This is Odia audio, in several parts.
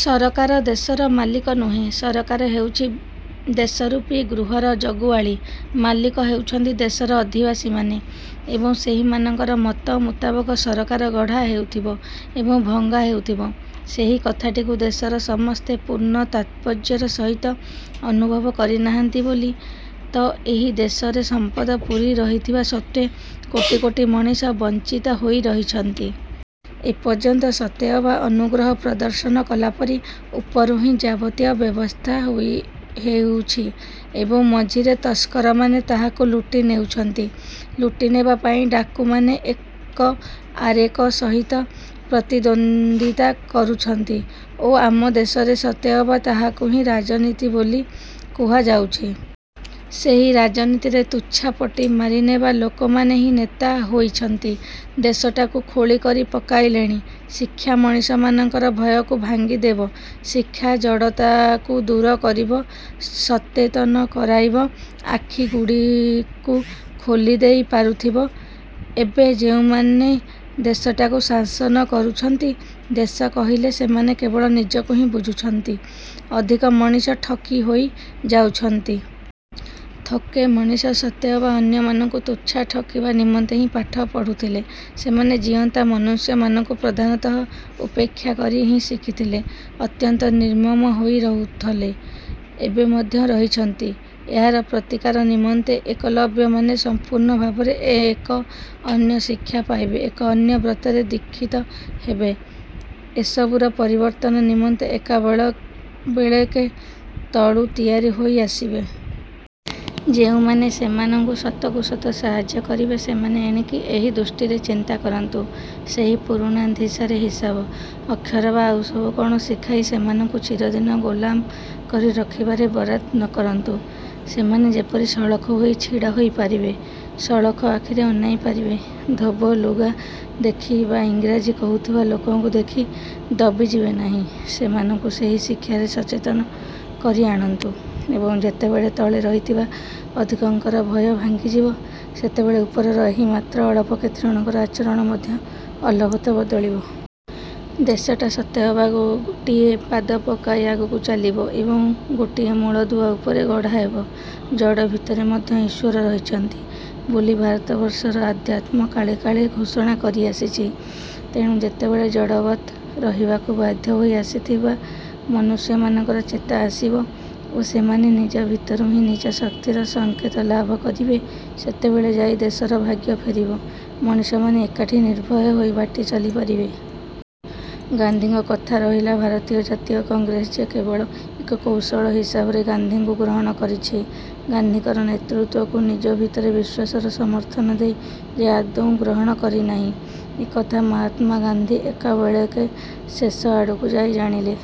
ସରକାର ଦେଶର ମାଲିକ ନୁହେଁ। ସରକାର ହେଉଛି ଦେଶରୂପୀ ଗୃହର ଜଗୁଆଳୀ। ମାଲିକ ହେଉଛନ୍ତି ଦେଶର ଅଧିବାସୀମାନେ ଏବଂ ସେହିମାନଙ୍କର ମତ ମୁତାବକ ସରକାର ଗଢ଼ା ହେଉଥିବ ଏବଂ ଭଙ୍ଗା ହେଉଥିବ। ସେହି କଥାଟିକୁ ଦେଶର ସମସ୍ତେ ପୂର୍ଣ୍ଣ ତାତ୍ପର୍ଯ୍ୟର ସହିତ ଅନୁଭବ କରିନାହାନ୍ତି ବୋଲି ତ ଏହି ଦେଶରେ ସମ୍ପଦ ପୂରି ରହିଥିବା ସତ୍ତ୍ୱେ କୋଟି କୋଟି ମଣିଷ ବଞ୍ଚିତ ହୋଇ ରହିଛନ୍ତି। ଏପର୍ଯ୍ୟନ୍ତ ସତେଅବା ଅନୁଗ୍ରହ ପ୍ରଦର୍ଶନ କଲାପରି ଉପରୁ ହିଁ ଯାବତୀୟ ବ୍ୟବସ୍ଥା ହେଉଛି ଏବଂ ମଝିରେ ତସ୍କରମାନେ ତାହାକୁ ଲୁଟି ନେଉଛନ୍ତି। ଲୁଟିନେବା ପାଇଁ ଡାକୁମାନେ ଏକ ଆରେକ ସହିତ ପ୍ରତିଦ୍ୱନ୍ଦିତା କରୁଛନ୍ତି ଓ ଆମ ଦେଶରେ ସତେଅବା ତାହାକୁ ହିଁ ରାଜନୀତି ବୋଲି କୁହାଯାଉଛି। ସେହି ରାଜନୀତିରେ ତୁଚ୍ଛା ପଟି ମାରିନେବା ଲୋକମାନେ ହିଁ ନେତା ହୋଇଛନ୍ତି। ଦେଶଟାକୁ ଖୋଳି କରି ପକାଇଲେଣି। ଶିକ୍ଷା ମଣିଷମାନଙ୍କର ଭୟକୁ ଭାଙ୍ଗିଦେବ, ଶିକ୍ଷା ଜଡ଼ତାକୁ ଦୂର କରିବ, ସତେତନ କରାଇବ, ଆଖିଗୁଡ଼ିକୁ ଖୋଲିଦେଇ ପାରୁଥିବ। ଏବେ ଯେଉଁମାନେ ଦେଶଟାକୁ ଶାସନ କରୁଛନ୍ତି, ଦେଶ କହିଲେ ସେମାନେ କେବଳ ନିଜକୁ ହିଁ ବୁଝୁଛନ୍ତି, ଅଧିକ ମଣିଷ ଠକି ହୋଇ ଯାଉଛନ୍ତି। ଥୋକେ ମଣିଷ ସତେଅବା ଅନ୍ୟମାନଙ୍କୁ ତୁଚ୍ଛା ଠକିବା ନିମନ୍ତେ ହିଁ ପାଠ ପଢୁଥିଲେ। ସେମାନେ ଜୀଅନ୍ତା ମନୁଷ୍ୟମାନଙ୍କୁ ପ୍ରଧାନତଃ ଉପେକ୍ଷା କରି ହିଁ ଶିଖିଥିଲେ। ଅତ୍ୟନ୍ତ ନିର୍ମମ ହୋଇ ରହୁଥଲେ, ଏବେ ମଧ୍ୟ ରହିଛନ୍ତି। ଏହାର ପ୍ରତିକାର ନିମନ୍ତେ ଏକଲବ୍ୟମାନେ ସମ୍ପୂର୍ଣ୍ଣ ଭାବରେ ଏକ ଅନ୍ୟ ଶିକ୍ଷା ପାଇବେ, ଏକ ଅନ୍ୟ ବ୍ରତରେ ଦୀକ୍ଷିତ ହେବେ, ଏସବୁର ପରିବର୍ତ୍ତନ ନିମନ୍ତେ ଏକାବେଳେକେ ତଳୁ ତିଆରି ହୋଇ ଆସିବେ। ଯେଉଁମାନେ ସେମାନଙ୍କୁ ସତକୁ ସତ ସାହାଯ୍ୟ କରିବେ, ସେମାନେ ଏଣିକି ଏହି ଦୃଷ୍ଟିରେ ଚିନ୍ତା କରନ୍ତୁ। ସେଇ ପୁରୁଣା ଧିସାରେ ହିସାବ, ଅକ୍ଷର ବା ଆଉସବୁ କଣ ଶିଖାଇ ସେମାନଙ୍କୁ ଚିରଦିନ ଗୋଲାମ କରି ରଖିବାରେ ବରାଦ ନକରନ୍ତୁ। ସେମାନେ ଯେପରି ସଳଖ ହୋଇ ଛିଡ଼ା ହୋଇ ପାରିବେ, ସଳଖ ଆଖିରେ ଅନାଇ ପାରିବେ, ଧୋବ ଲୁଗା ଦେଖି ବା ଇଂରାଜୀ କହୁଥିବା ଲୋକଙ୍କୁ ଦେଖି ଦବିଯିବେ ନାହିଁ, ସେମାନଙ୍କୁ ସେହି ଶିକ୍ଷାରେ ସଚେତନ କରି ଆଣନ୍ତୁ ଏବଂ ଯେତେବେଳେ ତଳେ ରହିଥିବା ଅଧିକଙ୍କର ଭୟ ଭାଙ୍ଗିଯିବ, ସେତେବେଳେ ଉପରର ଏହି ମାତ୍ର ଅଳପ କେତେଜଣଙ୍କର ଆଚରଣ ମଧ୍ୟ ଅଲବତ ବଦଳିବ। ଦେଶଟା ସତେଅବା ଗୋଟିଏ ପାଦ ପକାଇ ଆଗକୁ ଚାଲିବ ଏବଂ ଗୋଟିଏ ମୂଳଦୁଆ ଉପରେ ଗଢ଼ାହେବ। ଜଡ଼ ଭିତରେ ମଧ୍ୟ ଈଶ୍ୱର ରହିଛନ୍ତି ବୋଲି ଭାରତବର୍ଷର ଅଧ୍ୟାତ୍ମ କାଳେ କାଳେ ଘୋଷଣା କରିଆସିଛି। ତେଣୁ ଯେତେବେଳେ ଜଡ଼ବତ୍ ରହିବାକୁ ବାଧ୍ୟ ହୋଇ ଆସିଥିବା ମନୁଷ୍ୟମାନଙ୍କର ଚେତା ଆସିବ ଓ ସେମାନେ ନିଜ ଭିତରୁ ହିଁ ନିଜ ଶକ୍ତିର ସଙ୍କେତ ଲାଭ କରିବେ। ସେତେବେଳେ ଯାଇ ଦେଶର ଭାଗ୍ୟ ଫେରିବ, ମଣିଷମାନେ ଏକାଠି ନିର୍ଭୟ ହୋଇ ବାଟ ଚାଲିପାରିବେ। ଗାନ୍ଧୀଙ୍କ କଥା ରହିଲା ଭାରତୀୟ ଜାତୀୟ କଂଗ୍ରେସ ଯେ କେବଳ ଏକ କୌଶଳ ହିସାବରେ ଗାନ୍ଧୀଙ୍କୁ ଗ୍ରହଣ କରିଛି, ଗାନ୍ଧୀଙ୍କର ନେତୃତ୍ୱକୁ ନିଜ ଭିତର ବିଶ୍ୱାସର ସମର୍ଥନ ଦେଇ ଯେ ଆଦୌ ଗ୍ରହଣ କରିନାହିଁ, ଏକଥା ମହାତ୍ମା ଗାନ୍ଧୀ ଏକାବେଳେକେ ଶେଷ ଆଡ଼କୁ ଯାଇ ଜାଣିଲେ।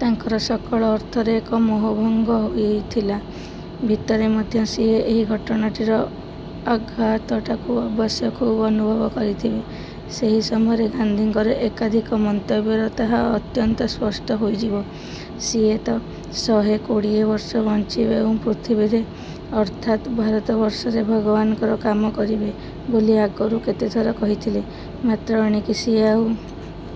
ତାଙ୍କର ସକଳ ଅର୍ଥରେ ଏକ ମୋହଭଙ୍ଗ ହୋଇଥିଲା। ଭିତରେ ମଧ୍ୟ ସିଏ ଏହି ଘଟଣାଟିର ଆଘାତଟାକୁ ଅବଶ୍ୟ ଖୁବ୍ ଅନୁଭବ କରିଥିବେ। ସେହି ସମୟରେ ଗାନ୍ଧୀଙ୍କର ଏକାଧିକ ମନ୍ତବ୍ୟର ତାହା ଅତ୍ୟନ୍ତ ସ୍ପଷ୍ଟ ହୋଇଯିବ। ସିଏତ ଶହେ କୋଡ଼ିଏ ବର୍ଷ ବଞ୍ଚିବେ ଏବଂ ପୃଥିବୀରେ ଅର୍ଥାତ୍ ଭାରତବର୍ଷରେ ଭଗବାନଙ୍କର କାମ କରିବେ ବୋଲି ଆଗରୁ କେତେଥର କହିଥିଲେ। ମାତ୍ର ଏଣିକି ସିଏ ଆଉ-